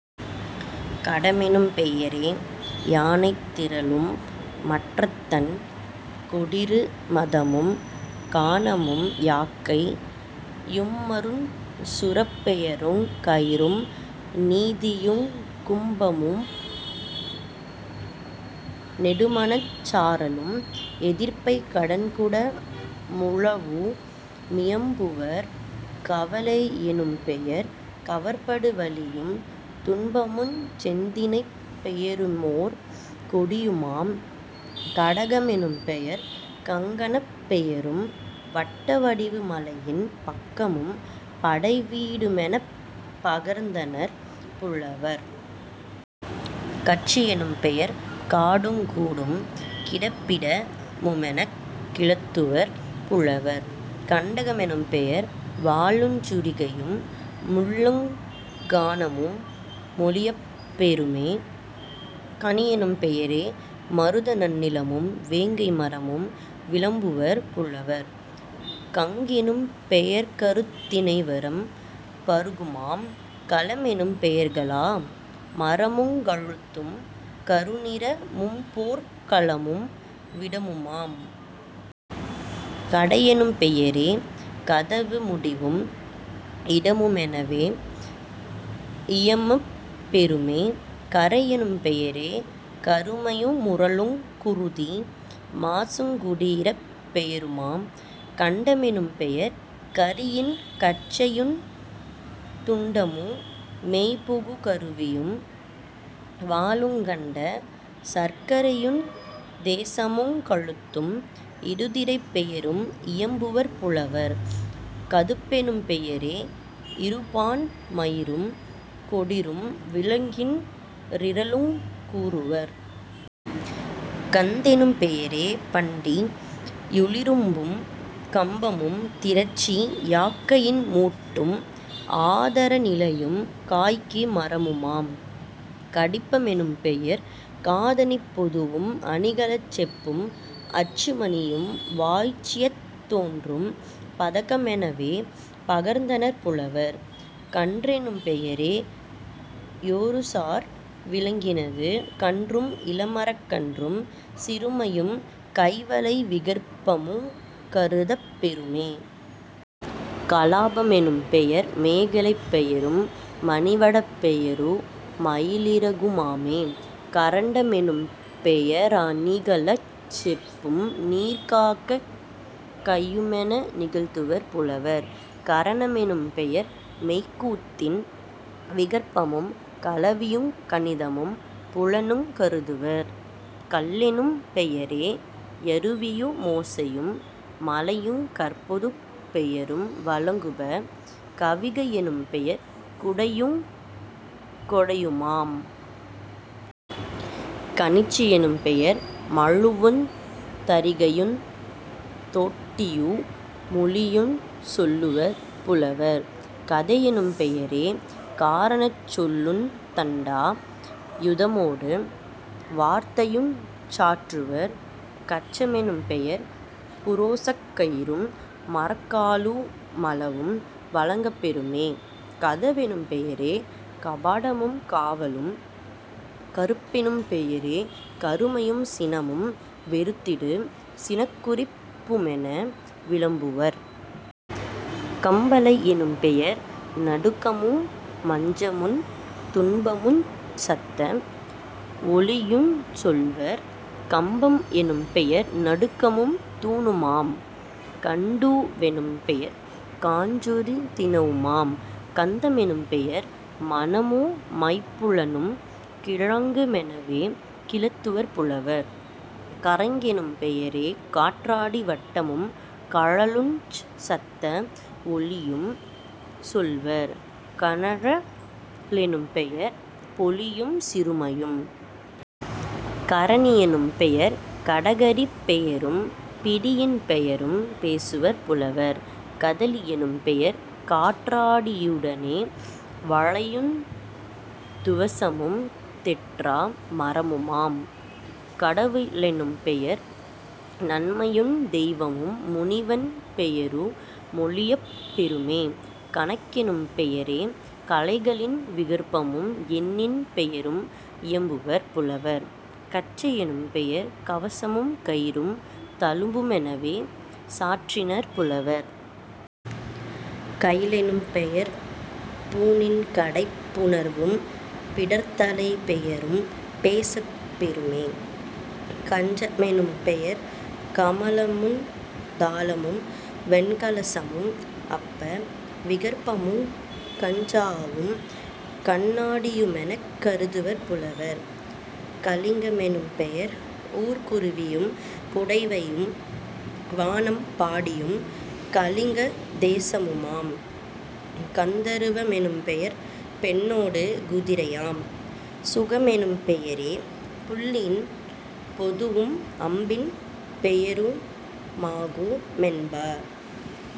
கடமெனும் பெயரே யானைத் திரளும் மற்றதன் கொடிறு மதமும் கானமும் யாக்கை யும்அருஞ் சுரப்பெயருங் கயிறும் நீதியுங் கும்பமு நெடுமநச் சாரலும் எதிர்ப்பை கடன்குட முழவு மியம்புவர்..... கவலை யெனும்பெயர் கவர்படு வழியும் துன்பமுஞ் செந்தினைப் பெயருமோர் கொடியுமாம்..... கடக மெனும்பெயர் கங்கணப் பெயரும் வட்ட வடிவு மலையின் பக்கமும் படைவீ டுமெனப் பகர்ந்தனர் புலவர்..... கட்சி யெனும்பெயர் காடுங் கூடும் கிடப்பிட முமெனக் கிளத்துவர் புலவர்..... கண்டக மெனும்பெயர் வாளுஞ் சுரிகையும் முள்ளுங் கானமு மொழியப் பெறுமே..... கணியெனும் பெயரே மருத நன்னிலமும் வேங்கை மரமும் விளம்புவர் புலவர்..... கங்கெனும் பெயர்கருந் தினைவரம் பருகுமாம்..... களமெனும் பெயர்களா மரமுங் கழுத்தும் கருநிற மும்போர்க் களமும் விடமுமாம்..... கடையெனும் பெயரே கதவு முடிவும் இடமு மெனவே யியம்பப் பெறுமே..... கறையெனும் பெயரே கருமையு முரலுங்। குருதி மாசுங் குடியிறைப் பெயருமாம்..... கண்ட மெனும்பெயர் கரியின் கச்சையுந் துண்டமு மெய்புகு கருவியும் வாளுங் கண்ட சர்க்கரையுந் தேசமுங் கழுத்தும் இடுதிரைப் பெயரும் இயம்புவர் புலவர்..... கதுப்பெனும் பெயரே யிருபான் மயிரும் கொடிறும் விலங்கின் றிரளுங் கூறுவர்..... கந்தெனும் பெயரே பண்டி யுளிரும்பும் கம்பமும் திரட்சி யாக்கையின் மூட்டும் ஆதார நிலையும் காய்க்கு மரமுமாம்..... கடிப்ப மெனும்பெயர் காதணிப் பொதுவும் அணிகலச் செப்பும் அச்சு மணியும் வாச்சியத் தொன்றும் பதக்க மெனவே பகர்ந்தனர் புலவர்..... கன்றெனும் பெயரே யொருசார் விலங்கினது கன்றும் இளமரக் கன்றும் சிறுமையும் கைவளை விகற்பமுங் கருதப் பெறுமே..... கலாப மெனும்பெயர் மேகலைப் பெயரும் மணிவடப் பெயரு மயிலிறகு மாமே..... கரண்ட மெனும்பெய ரணிகலச் செப்பும் நீர்க்காக் கையுமென நிகழ்த்துவர் புலவர்..... கரண மெனும்பெயர் மெய்க்கூத்தின் விகற்பமும் கலவியுங் கணிதமும் புலனுங் கருதுவர்..... கல்லெனும் பெயரே யருவியு மோசையும் மலையுங் கற்பொதுப் பெயரும் வழங்குப..... கவிகை யெனும்பெயர் குடையுங் கொடையுமாம்..... கணிச்சி யெனும்பெயர் மழுவுந் தறிகையுந் தோட்டியு முளியுஞ் சொல்லுவர் புலவர்..... கதையெனும் பெயரே காரணச் சொல்லுந் தண்டா யுதமொடு வார்த்தையுஞ் சாற்றுவர்..... கச்ச மெனும்பெயர் புரோசக் கயிறும் மரக்காலு மளவும் வழங்கப் பெறுமே..... கதவெனும் பெயரே கபாடமும் காவலும்..... கறுப்பெனும் பெயரே கருமையும் சினமும் வெறுத்திடு சினக்குறிப் புமென விளம்புவர்..... கம்பலை யெனும்பெயர் நடுக்கமு மச்சமுந் துன்பமுஞ் சத்த வொலியுஞ் சொல்லுவர்..... கம்பம் எனும்பெயர் நடுக்கமும் தூணுமாம்..... கண்டூ வெனும்பெயர் காஞ்சொறி தினவுமாம்..... கந்த மெனும்பெயர் மணமு மைம்புலனும் கிழங்கு மெனவே கிளத்துவர் புலவர்..... கறங்கெனும் பெயரே காற்றாடி வட்டமும் கழலுஞ் சத்த வொலியும் சொல்லுவர்..... கஞற லெனும்பெயர் பொலிவும் சிறுமையும்..... கரிணி யெனும்பெயர் கடகரிப் பெயரும் பிடியின் பெயரும் பேசுவர் புலவர்..... கதலி யெனும்பெயர் காற்றா டியுடனே வாழையுந் துவசமும் தேற்றா மரமுமாம்..... கடவு ளெனும்பெயர் நன்மையுந் தெய்வமும் முனிவன் பெயரு மொழியப் பெறுமே..... கணக்கெனும் பெயரே கலைகளின் விகற்பமும் எண்ணின் பெயரும் இயம்புவர் புலவர்..... கச்சை யெனும்பெயர் கவசமும் கயிறும் தழும்பு மெனவே சாற்றினர் புலவர்..... கயிலெனும் பெயர்பூ ணின்கடைப் புணர்வும் பிடர்த்தலை பெயரும் பேசப் பெறுமே.... கஞ்ச மெனும்பெயர் கமலமுந் தாளமும் வெண்கலசமும் அப்ப விகற்பமுங் கஞ்சாவும் கண்ணா டியுமெனக் கருதுவர் புலவர்..... கலிங்க மெனும்பெயர் ஊர்க்குருவியும் புடைவையும் வானம் பாடியும் கலிங்க தேசமுமாம்..... கந்தருவ மெனும்பெயர் பெண்ணோடு குதிரையாம்..... சுகமெனும் பெயரே புள்ளின் பொதுவும் அம்பின் பெயரு மாகு மென்ப.